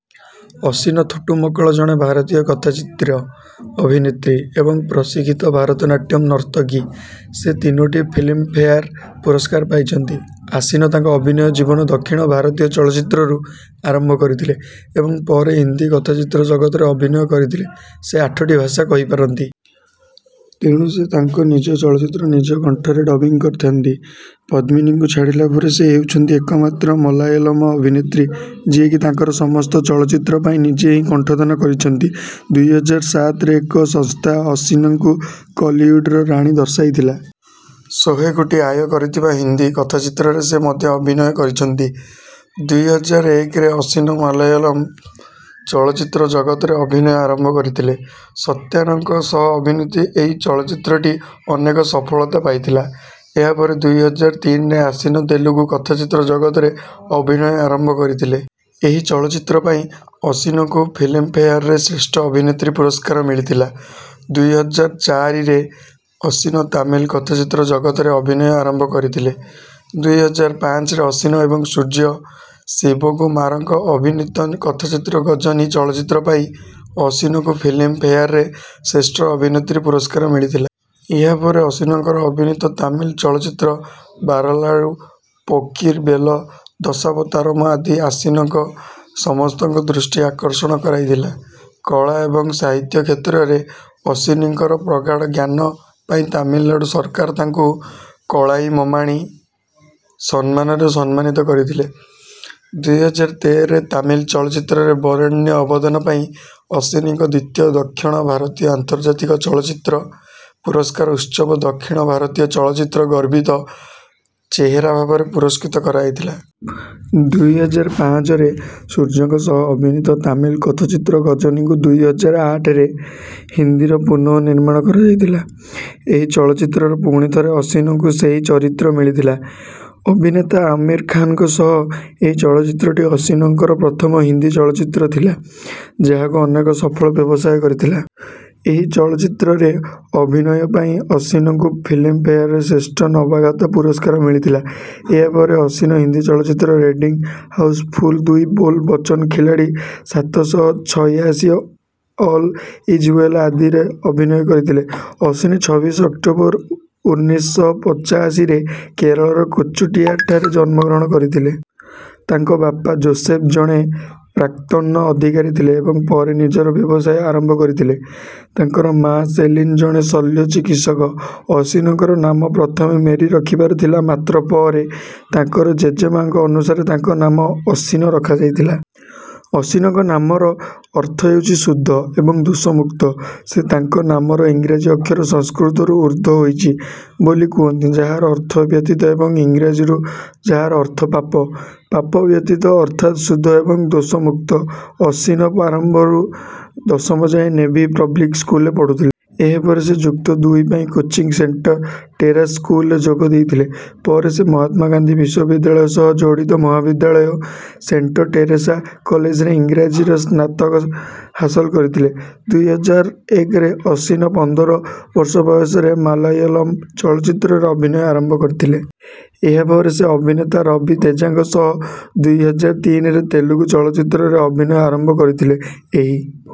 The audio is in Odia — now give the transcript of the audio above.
ଅସିନ ଥୋଟ୍ଟୁମକଳ ଜଣେ ଭାରତୀୟ କଥାଚିତ୍ର ଅଭିନେତ୍ରୀ ଏବଂ ପ୍ରଶିକ୍ଷିତ ଭାରତନାଟ୍ୟମ ନର୍ତ୍ତକୀ। ସେ ତିନୋଟି ଫିଲ୍ମଫେୟାର ପୁରସ୍କାର ପାଇଛନ୍ତି। ଆସୀନ ତାଙ୍କ ଅଭିନୟ ଜୀବନ ଦକ୍ଷିଣ ଭାରତୀୟ ଚଳଚ୍ଚିତ୍ରରୁ ଆରମ୍ଭ କରିଥିଲେ ଏବଂ ପରେ ହିନ୍ଦୀ କଥାଚିତ୍ର ଜଗତରେ ଅଭିନୟ କରିଥିଲେ। ସେ ଆଠଟି ଭାଷା କହିପାରନ୍ତି। ତେଣୁ ସେ ତାଙ୍କ ନିଜ ଚଳଚ୍ଚିତ୍ର ନିଜ କଣ୍ଠରେ ଡବିଂ କରିଥାନ୍ତି। ପଦ୍ମିନୀଙ୍କୁ ଛାଡ଼ିଲା ପରେ ସେ ହେଉଛନ୍ତି ଏକମାତ୍ର ମଲାୟଲମ ଅଭିନେତ୍ରୀ ଯିଏକି ତାଙ୍କର ସମସ୍ତ ଚଳଚ୍ଚିତ୍ର ପାଇଁ ନିଜେ ହିଁ କଣ୍ଠଦାନ କରିଛନ୍ତି। ଦୁଇ ହଜାର ସାତରେ ଏକ ସଂସ୍ଥା ଅସିନଙ୍କୁ କଲିଉଡ଼ର ରାଣୀ ଦର୍ଶାଇଥିଲା। ଶହେ କୋଟି ଆୟ କରିଥିବା ହିନ୍ଦୀ କଥାଚିତ୍ରରେ ସେ ମଧ୍ୟ ଅଭିନୟ କରିଛନ୍ତି। ଦୁଇ ହଜାର ଏକରେ ଅସିନ ମାଲାୟଲମ ଚଳଚ୍ଚିତ୍ର ଜଗତରେ ଅଭିନୟ ଆରମ୍ଭ କରିଥିଲେ। ସତ୍ୟନଙ୍କ ସହ ଅଭିନୀତ ଏହି ଚଳଚ୍ଚିତ୍ରଟି ଅନେକ ସଫଳତା ପାଇଥିଲା। ଏହାପରେ ଦୁଇ ହଜାର ତିନିରେ ଅସିନ ତେଲୁଗୁ କଥାଚିତ୍ର ଜଗତରେ ଅଭିନୟ ଆରମ୍ଭ କରିଥିଲେ। ଏହି ଚଳଚ୍ଚିତ୍ର ପାଇଁ ଅସିନଙ୍କୁ ଫିଲ୍ମଫେୟାରରେ ଶ୍ରେଷ୍ଠ ଅଭିନେତ୍ରୀ ପୁରସ୍କାର ମିଳିଥିଲା। ଦୁଇ ହଜାର ଚାରିରେ ଅସିନ ତାମିଲ କଥାଚିତ୍ର ଜଗତରେ ଅଭିନୟ ଆରମ୍ଭ କରିଥିଲେ। ଦୁଇ ହଜାର ପାଞ୍ଚରେ ଅସିନ ଏବଂ ସୂର୍ଯ୍ୟ ଶିବକୁମାରଙ୍କ ଅଭିନୀତ କଥାଚିତ୍ର ଗଜନୀ ଚଳଚ୍ଚିତ୍ର ପାଇଁ ଅସିନଙ୍କୁ ଫିଲ୍ମଫେୟାରରେ ଶ୍ରେଷ୍ଠ ଅଭିନେତ୍ରୀ ପୁରସ୍କାର ମିଳିଥିଲା। ଏହାପରେ ଅସିନଙ୍କର ଅଭିନୀତ ତାମିଲ ଚଳଚ୍ଚିତ୍ର ବାରଲାରୁ ପୋକ୍କିରୀ ବେଲ ଦଶାବତାରମ ଆଦି ଅସିନଙ୍କୁ ସମସ୍ତଙ୍କ ଦୃଷ୍ଟି ଆକର୍ଷଣ କରାଇଥିଲା। କଳା ଏବଂ ସାହିତ୍ୟ କ୍ଷେତ୍ରରେ ଅସିନଙ୍କର ପ୍ରଗାଢ଼ ଜ୍ଞାନ ପାଇଁ ତାମିଲନାଡ଼ୁ ସରକାର ତାଙ୍କୁ କାଳାଇମାମଣି ସମ୍ମାନରେ ସମ୍ମାନିତ କରିଥିଲେ। ଦୁଇ ହଜାର ତେରରେ ତାମିଲ ଚଳଚ୍ଚିତ୍ରରେ ବରେଣ୍ୟ ଅବଦାନ ପାଇଁ ଅସିନଙ୍କୁ ଦ୍ୱିତୀୟ ଦକ୍ଷିଣ ଭାରତୀୟ ଆନ୍ତର୍ଜାତୀୟ ଚଳଚ୍ଚିତ୍ର ପୁରସ୍କାର ଉତ୍ସବରେ ଦକ୍ଷିଣ ଭାରତୀୟ ଚଳଚ୍ଚିତ୍ରର ଗର୍ବିତ ଚେହେରା ଭାବରେ ପୁରସ୍କୃତ କରାଯାଇଥିଲା। ଦୁଇ ହଜାର ପାଞ୍ଚରେ ସୂର୍ଯ୍ୟଙ୍କ ସହ ଅଭିନୀତ ତାମିଲ କଥାଚିତ୍ର ଗଜନୀକୁ ଦୁଇ ହଜାର ଆଠରେ ହିନ୍ଦୀରେ ପୁନଃନିର୍ମାଣ କରାଯାଇଥିଲା। ଏହି ଚଳଚ୍ଚିତ୍ରରେ ପୁଣିଥରେ ଅସିନଙ୍କୁ ସେହି ଚରିତ୍ର ମିଳିଥିଲା ଅଭିନେତା ଆମିର ଖାନଙ୍କ ସହ। ଏହି ଚଳଚ୍ଚିତ୍ରଟି ଅସିନଙ୍କର ପ୍ରଥମ ହିନ୍ଦୀ ଚଳଚ୍ଚିତ୍ର ଥିଲା ଯାହାକି ଅନେକ ସଫଳ ବ୍ୟବସାୟ କରିଥିଲା। ଏହି ଚଳଚ୍ଚିତ୍ରରେ ଅଭିନୟ ପାଇଁ ଅସିନଙ୍କୁ ଫିଲ୍ମଫେୟାରରେ ଶ୍ରେଷ୍ଠ ନବାଗତା ପୁରସ୍କାର ମିଳିଥିଲା। ଏହାପରେ ଅସିନ ହିନ୍ଦୀ ଚଳଚ୍ଚିତ୍ର ରେଡ୍ଡି ହାଉସଫୁଲ ଦୁଇ ବୋଲ ବଚନ ଖିଲାଡ଼ି ସାତ ଶହ ଛୟାଶୀ ଅଲ ଇଜ ୱେଲ ଆଦିରେ ଅଭିନୟ କରିଥିଲେ। ଅସିନ ଛବିଶ ଅକ୍ଟୋବର ଉନ୍ନିଶ ଶହ ପଚାଶୀରେ କେରଳର କୋଚିଠାରେ ଜନ୍ମଗ୍ରହଣ କରିଥିଲେ। ତାଙ୍କ ବାପା ଜୋସେଫ ଜଣେ ପ୍ରାକ୍ତନ ଅଧିକାରୀ ଥିଲେ ଏବଂ ପରେ ନିଜର ବ୍ୟବସାୟ ଆରମ୍ଭ କରିଥିଲେ। ତାଙ୍କର ମାଆ ସେଲିନ ଜଣେ ଶଲ୍ୟ ଚିକିତ୍ସକ। ଅସିନଙ୍କର ନାମ ପ୍ରଥମେ ମେରୀ ରଖିବାର ଥିଲା ମାତ୍ର ପରେ ତାଙ୍କର ଜେଜେମାଙ୍କ ଅନୁସାରେ ତାଙ୍କ ନାମ ଅସିନ ରଖାଯାଇଥିଲା। ଅସିନଙ୍କ ନାମର ଅର୍ଥ ହେଉଛି ଶୁଦ୍ଧ ଏବଂ ଦୋଷମୁକ୍ତ। ସେ ତାଙ୍କ ନାମର ଇଂରାଜୀ ଅକ୍ଷର ସଂସ୍କୃତରୁ ଉଦ୍ଧୃତ ହୋଇଛି ବୋଲି କୁହନ୍ତି ଯାହାର ଅର୍ଥ ବ୍ୟତୀତ ଏବଂ ଇଂରାଜୀରୁ ଯାହାର ଅର୍ଥ ପାପ। ପାପ ବ୍ୟତୀତ ଅର୍ଥାତ ଶୁଦ୍ଧ ଏବଂ ଦୋଷମୁକ୍ତ। ଅସିନ ପ୍ରାରମ୍ଭରୁ ଦଶମ ଯାଏଁ ନେଭି ପବ୍ଲିକ ସ୍କୁଲରେ ପଢ଼ୁଥିଲେ। ଏହାପରେ ସେ ଯୁକ୍ତ ଦୁଇ ପାଇଁ କୋଚିର ସେଣ୍ଟ ଟେରେସା ସ୍କୁଲରେ ଯୋଗ ଦେଇଥିଲେ। ପରେ ସେ ମହାତ୍ମା ଗାନ୍ଧୀ ବିଶ୍ୱବିଦ୍ୟାଳୟ ସହ ଜଡ଼ିତ ମହାବିଦ୍ୟାଳୟ ସେଣ୍ଟ ଟେରେସା କଲେଜରେ ଇଂରାଜୀରେ ସ୍ନାତକ ହାସଲ କରିଥିଲେ। ଦୁଇ ହଜାର ଏକରେ ଅସିନ ପନ୍ଦର ବର୍ଷ ବୟସରେ ମାଲାୟଲମ ଚଳଚ୍ଚିତ୍ରରେ ଅଭିନୟ ଆରମ୍ଭ କରିଥିଲେ। ଏହାପରେ ସେ ଅଭିନେତା ରବି ତେଜାଙ୍କ ସହ ଦୁଇ ହଜାର ତିନିରେ ତେଲୁଗୁ ଚଳଚ୍ଚିତ୍ରରେ ଅଭିନୟ ଆରମ୍ଭ କରିଥିଲେ। ଏହି